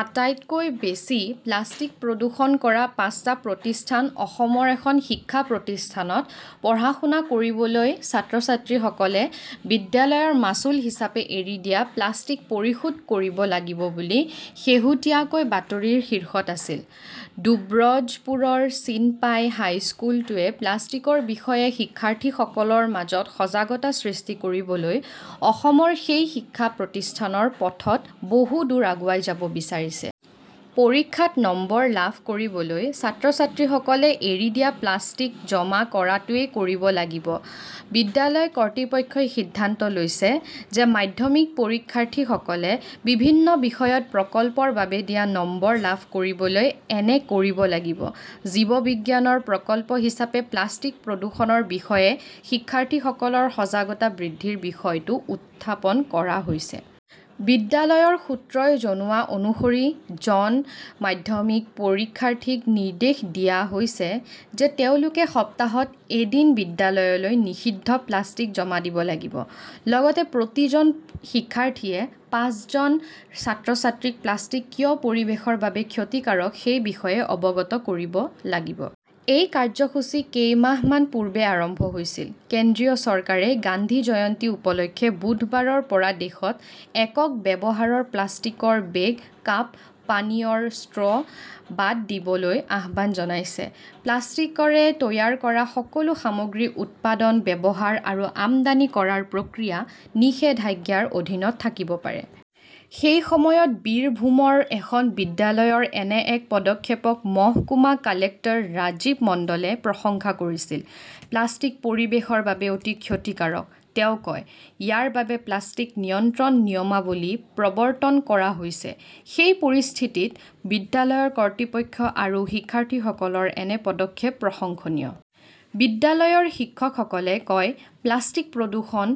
আটাইতকৈ বেছি প্লাষ্টিক প্ৰদূষণ কৰা পাঁচটা প্ৰতিষ্ঠান অসমৰ এখন শিক্ষা প্ৰতিষ্ঠানত পঢ়া-শুনা কৰিবলৈ ছাত্ৰ-ছাত্ৰীসকলে বিদ্যালয়ৰ মাচুল হিচাপে এৰি দিয়া প্লাষ্টিক পৰিশোধ কৰিব লাগিব বুলি শেহতীয়াকৈ বাতৰিৰ শীৰ্ষত আছিল। দুব্ৰজপুৰৰ চিনপাই হাইস্কুলটোৱে প্লাষ্টিকৰ বিষয়ে শিক্ষাৰ্থীসকলৰ মাজত সজাগতা সৃষ্টি কৰিবলৈ অসমৰ সেই শিক্ষা প্ৰতিষ্ঠানৰ পথত বহু দূৰ আগুৱাই যাব বিচাৰিছে। পৰীক্ষাত নম্বৰ লাভ কৰিবলৈ ছাত্ৰ-ছাত্ৰীসকলে এৰি দিয়া প্লাষ্টিক জমা কৰাটোৱেই কৰিব লাগিব। বিদ্যালয় কৰ্তৃপক্ষই সিদ্ধান্ত লৈছে যে মাধ্যমিক পৰীক্ষাৰ্থীসকলে বিভিন্ন বিষয়ত 'প্ৰকল্প "ৰ বাবে দিয়া নম্বৰ লাভ কৰিবলৈ এনে কৰিব লাগিব। জীৱবিজ্ঞানৰ 'প্ৰকল্প "হিচাপে প্লাষ্টিক প্ৰদূষণৰ বিষয়ে শিক্ষাৰ্থীসকলৰ সজাগতা বৃদ্ধিৰ বিষয়টো উত্থাপন কৰা হৈছে। বিদ্যালয়ৰ সূত্ৰই জনোৱা অনুসৰি জন মাধ্যমিক পৰীক্ষাৰ্থীক নিৰ্দেশ দিয়া হৈছে যে তেওঁলোকে সপ্তাহত এদিন বিদ্যালয়লৈ নিষিদ্ধ প্লাষ্টিক জমা দিব লাগিব। লগতে প্ৰতিজন শিক্ষাৰ্থীয়ে পাঁচজন ছাত্ৰ-ছাত্ৰীক প্লাষ্টিক কিয় পৰিৱেশৰ বাবে ক্ষতিকাৰক সেই বিষয়ে অৱগত কৰিব লাগিব। এই কাৰ্যসূচী কেইমাহমান পূৰ্বে আৰম্ভ হৈছিল। কেন্দ্ৰীয় চৰকাৰে গান্ধী জয়ন্তী উপলক্ষে বুধবাৰৰ পৰা দেশত 'একক ব্যৱহাৰৰ "প্লাষ্টিকৰ বেগ, কাপ, পানীয়ৰ ষ্ট্ৰ" বাদ দিবলৈ আহ্বান জনাইছে। প্লাষ্টিকৰে তৈয়াৰ কৰা সকলো সামগ্ৰী উৎপাদন, ব্যৱহাৰ আৰু আমদানি কৰাৰ প্ৰক্ৰিয়া নিষেধাজ্ঞাৰ অধীনত থাকিব পাৰে। সেই সময়ত বীৰভূমৰ এখন বিদ্যালয়ৰ এনে এক পদক্ষেপক মহকুমা কালেক্টৰ ৰাজীৱ মণ্ডলে প্ৰশংসা কৰিছিল। "প্লাষ্টিক পৰিৱেশৰ বাবে অতি ক্ষতিকাৰক", তেওঁ কয়। ইয়াৰ বাবে প্লাষ্টিক নিয়ন্ত্ৰণ নিয়মাৱলী প্ৰৱৰ্তন কৰা হৈছে। সেই পৰিস্থিতিত বিদ্যালয়ৰ কৰ্তৃপক্ষ আৰু শিক্ষাৰ্থীসকলৰ এনে পদক্ষেপ প্ৰশংসনীয়। "বিদ্যালয়ৰ শিক্ষকসকলে কয়-'প্লাষ্টিক-প্ৰদূষণ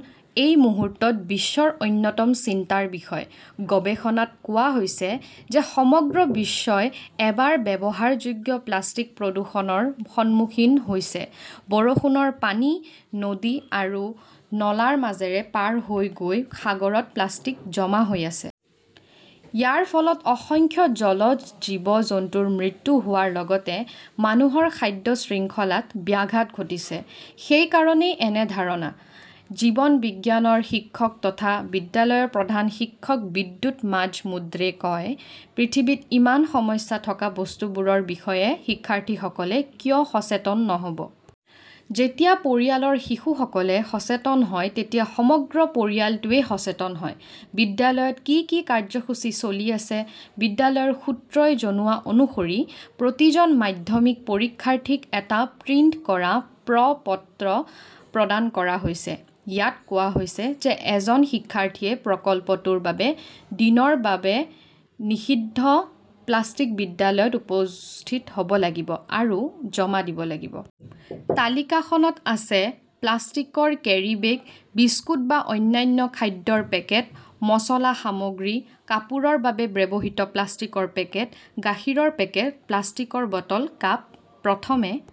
এই মুহূৰ্তত বিশ্বৰ অন্যতম চিন্তাৰ বিষয়। গৱেষণাত কোৱা হৈছে যে সমগ্ৰ বিশ্বই এবাৰ ব্যৱহাৰযোগ্য প্লাষ্টিক প্ৰদূষণৰ সন্মুখীন হৈছে। বৰষুণৰ পানী নদী আৰু নলাৰ মাজেৰে পাৰ হৈ গৈ সাগৰত প্লাষ্টিক জমা হৈ আছে। ইয়াৰ ফলত অসংখ্য জলজ জীৱ-জন্তুৰ মৃত্যু হোৱাৰ লগতে মানুহৰ খাদ্য শৃংখলাত ব্যাঘাত ঘটিছে। সেইকাৰণেই এনে ধাৰণা। জীৱন বিজ্ঞানৰ শিক্ষক তথা বিদ্যালয়ৰ প্ৰধান শিক্ষক বিদ্যুৎ মাজমুদ্ৰে কয়, "পৃথিৱীত ইমান সমস্যা থকা বস্তুবোৰৰ বিষয়ে শিক্ষাৰ্থীসকলে কিয় সচেতন নহ 'ব! যেতিয়া পৰিয়ালৰ শিশুসকলে সচেতন হয় তেতিয়া সমগ্ৰ পৰিয়ালটোৱে সচেতন হয়। "বিদ্যালয়ত কি কি কাৰ্যসূচী চলি আছে? বিদ্যালয়ৰ সূত্ৰই জনোৱা অনুসৰি প্ৰতিজন মাধ্যমিক পৰীক্ষাৰ্থীক এটা প্ৰিণ্ট কৰা প্ৰ-পত্ৰ প্ৰদান কৰা হৈছে। ইয়াত কোৱা হৈছে যে এজন শিক্ষাৰ্থীয়ে প্ৰকল্পটোৰ বাবে দিনৰ বাবে নিষিদ্ধ প্লাষ্টিক বিদ্যালয়ত উপস্থিত হ 'ব লাগিব আৰু জমা দিব লাগিব। তালিকাখনত আছে প্লাষ্টিকৰ কেৰিব্যাগ, বিস্কুট বা অন্যান্য খাদ্যৰ পেকেট, মচলা সামগ্ৰী, কাপোৰৰ বাবে ব্যৱহৃত প্লাষ্টিকৰ পেকেট, গাখীৰৰ পেকেট, প্লাষ্টিকৰ বটল, কাপ। প্ৰথমে